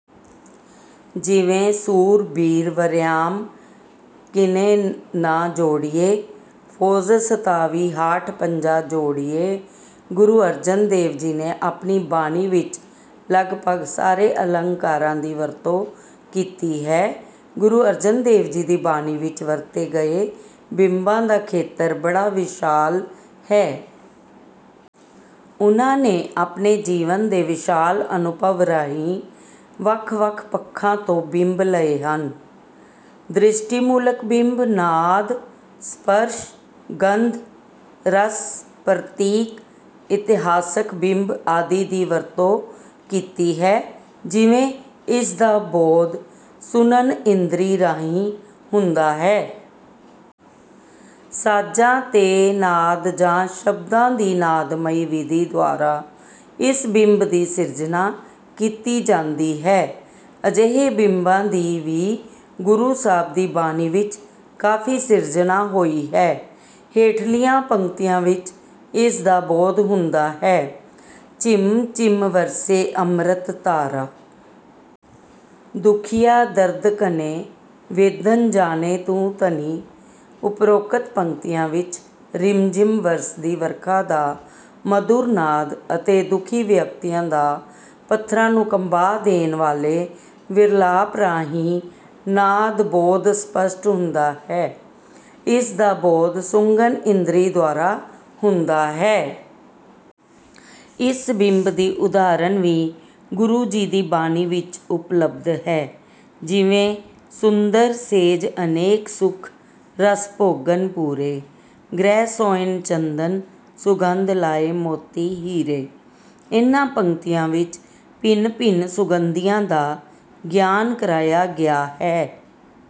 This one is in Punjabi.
ਜਿਵੇਂ ਸੂਰਬੀਰ ਵਰਿਆਮ ਕਿਨੇ ਨ ਜੋੜੀਐ। ਫਉਜ ਸਤਾਵੀ ਹਾਠ ਪੰਜਾ ਜੋੜੀਐ। ਗੁਰੂ ਅਰਜਨ ਦੇਵ ਜੀ ਨੇ ਆਪਣੀ ਬਾਣੀ ਵਿੱਚ ਲਗਪਗ ਸਾਰੇ ਅਲੰਕਾਰਾਂ ਦੀ ਵਰਤੋਂ ਕੀਤੀ ਹੈ। ਗੁਰੂ ਅਰਜਨ ਦੇਵ ਜੀ ਦੀ ਬਾਣੀ ਵਿੱਚ ਵਰਤੇ ਗਏ ਬਿੰਬਾਂ ਦਾ ਖੇਤਰ ਬੜਾ ਵਿਸ਼ਾਲ ਹੈ। ਉਨ੍ਹਾਂ ਨੇ ਆਪਣੇ ਜੀਵਨ ਦੇ ਵਿਸ਼ਾਲ ਅਨੁਭਵ ਰਾਹੀਂ ਵੱਖ ਵੱਖ ਪੱਖਾਂ ਤੋਂ ਬਿੰਬ ਲਏ ਹਨ। ਦ੍ਰਿਸ਼ਟੀਮੂਲਕ ਬਿੰਬ, ਨਾਦ, ਸਪਰਸ਼, ਗੰਧ, ਰਸ, ਪ੍ਰਤੀਕ, ਇਤਿਹਾਸਕ ਬਿੰਬ ਆਦਿ ਦੀ ਵਰਤੋਂ ਕੀਤੀ ਹੈ ਜਿਵੇਂ: ਇਸ ਦਾ ਬੋਧ ਸੁਣਨ ਇੰਦਰੀ ਰਾਹੀਂ ਹੁੰਦਾ ਹੈ। ਸਾਜਾਂ ਦੇ ਨਾਦ ਜਾਂ ਸ਼ਬਦਾਂ ਦੀ ਨਾਦਮਈ ਵਿਧੀ ਦੁਆਰਾ ਇਸ ਬਿੰਬ ਦੀ ਸਿਰਜਨਾ ਕੀਤੀ ਜਾਂਦੀ ਹੈ। ਅਜਿਹੇ ਬਿੰਬਾਂ ਦੀ ਵੀ ਗੁਰੂ ਸਾਹਿਬ ਦੀ ਬਾਣੀ ਵਿੱਚ ਕਾਫੀ ਸਿਰਜਨਾ ਹੋਈ ਹੈ। ਹੇਠਲੀਆਂ ਪੰਕਤੀਆਂ ਵਿੱਚ ਇਸ ਦਾ ਬੋਧ ਹੁੰਦਾ ਹੈ: ਝਿਮਿ ਝਿਮਿ ਵਰਸੈ ਅੰਮ੍ਰਿਤ ਧਾਰਾ। ਦੁਖੀਆ ਦਰਦ ਘਣੇ ਵੇਦਨ ਜਾਣੈ ਤੂੰ ਧਣੀ। ਉਪਰੋਕਤ ਪੰਕਤੀਆਂ ਵਿੱਚ ਰਿਮਝਿਮ ਵਰਸਦੀ ਵਰਖਾ ਦਾ ਮਧੁਰ ਨਾਦ ਅਤੇ ਦੁਖੀ ਵਿਅਕਤੀਆਂ ਦਾ ਪੱਥਰਾਂ ਨੂੰ ਕੰਬਾ ਦੇਣ ਵਾਲੇ ਵਿਰਲਾਪ ਰਾਹੀਂ ਨਾਦ ਬੋਧ ਸਪਸ਼ਟ ਹੁੰਦਾ ਹੈ। ਇਸ ਦਾ ਬੋਧ ਸੁੰਘਣ ਇੰਦਰੀ ਦੁਆਰਾ ਹੁੰਦਾ ਹੈ। ਇਸ ਬਿੰਬ ਦੀ ਉਦਾਹਰਨ ਵੀ ਗੁਰੂ ਜੀ ਦੀ ਬਾਣੀ ਵਿੱਚ ਉਪਲਬਧ ਹੈ। ਜਿਵੇਂ: ਸੁੰਦਰ ਸੇਜ ਅਨੇਕ ਸੁਖ ਰਸ ਭੋਗਣ ਪੂਰੇ। ਗ੍ਰਿਹ ਸੋਇਨ ਚੰਦਨ ਸੁਗੰਧ ਲਾਇ ਮੋਤੀ ਹੀਰੇ। ਇਹਨਾਂ ਪੰਕਤੀਆਂ ਵਿੱਚ ਭਿੰਨ ਭਿੰਨ ਸੁਗੰਧੀਆਂ ਦਾ ਗਿਆਨ ਕਰਾਇਆ ਗਿਆ ਹੈ।